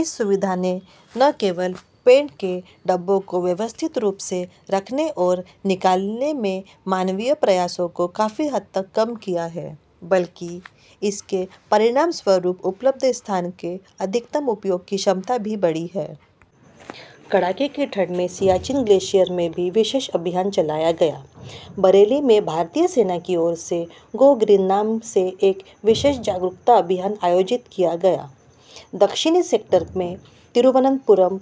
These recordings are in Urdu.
اس سہولت نے نہ صرف پینٹ ڈرموں کو اسٹیک کرنے اور بازیافت کرنے میں انسانی کوششوں کو کافی حد تک کم کیا ہے بلکہ اس کے نتیجے میں دستیاب جگہ کے زیادہ سے زیادہ استعمال کی صلاحیت بھی بڑھی ہے۔ سخت سردی میں سیاچن گلیشیئرز میں بھی خصوصی مہم چلائی گئی۔ بریلی میں بھارتی فوج کی جانب سے گو گرین کے نام سے ایک خصوصی بیداری مہم کا اہتمام کیا گیا۔ جنوبی سیکٹر میں، ترووننت پورم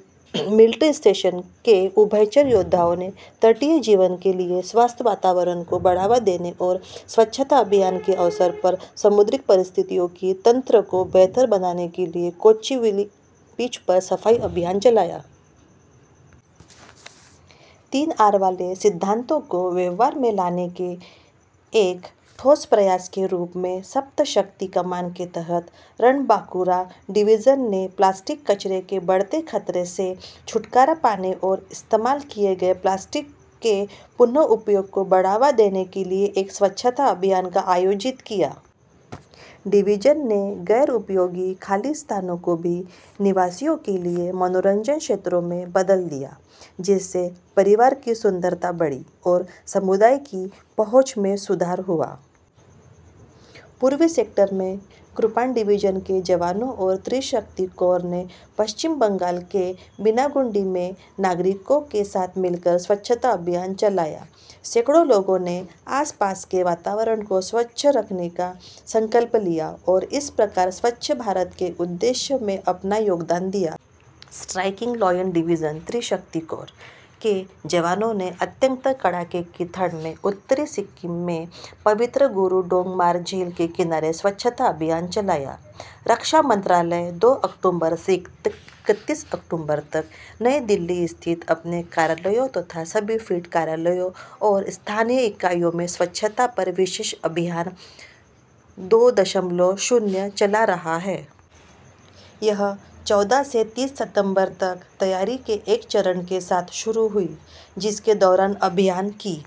ملٹری اسٹیشن کے ایمفیبیئس واریئرز نے ساحلی زندگی کے لیے صحت مند ماحول کو فروغ دینے اور سوچھتا ابھیان کے موقع پر سمندری ماحولیاتی نظام کو بہتر بنانے کے لیے کوچوویلی بیچ پر صفائی کی۔ تین آر والے اصولوں کو عملی جامہ پہنانے کی ایک ٹھوس کوشش کے طور پر سپت شکتی کمانڈ کے تحت رن بنکورا ڈویژن نے پلاسٹک کے کچرے کے بڑھتے ہوئے خطرے سے چھٹکارا پانے اور استعمال شدہ پلاسٹک کے دوبارہ استعمال کو فروغ دینے کے لیے ایک صفائی مہم کا اہتمام کیا۔ ڈویژن نے غیر استعمال شدہ کھلی جگہوں کو رہائشیوں کے لیے تفریحی علاقوں میں بھی تبدیل کیا، جس سے زمین کی تزئین کی خوبصورتی میں اضافہ ہوا اور کمیونٹی کی رسائی کو بہتر بنایا گیا۔ مشرقی سیکٹر میں، کرپان ڈویژن کے دستوں، ترشکتی کورپس نے شہریوں کے ساتھ مغربی بنگال کے بنناگوری میں صفائی مہم چلائی۔ سینکڑوں لوگوں نے ارد گرد کے ماحول کو صاف ستھرا رکھنے کا عہد کیا، اس طرح سوچھ بھارت کے مقصد میں اپنا تعاون پیش کیا۔ Striking line division, Trishakti corps کے دستوں نے انتہائی سخت سردی میں شمالی سکم میں قابل احترام گروڈونگمار جھیل کے کنارے سوچھتا ابھیان انجام دیا۔ وزارت دفاع دو اکتوبر سے اکتیس اکتوبر تک نئی دہلی میں واقع اپنے دفاتر اور تمام فیلڈ دفاتر اور مقامی اکائیوں میں سوچھتا پر خصوصی مہم دوئم چلا رہی ہے۔ یہ چودہ سے تیس ستمبر تک تیاری کے ایک مرحلے کے ساتھ شروع ہوئی، جس کے دوران مہم کی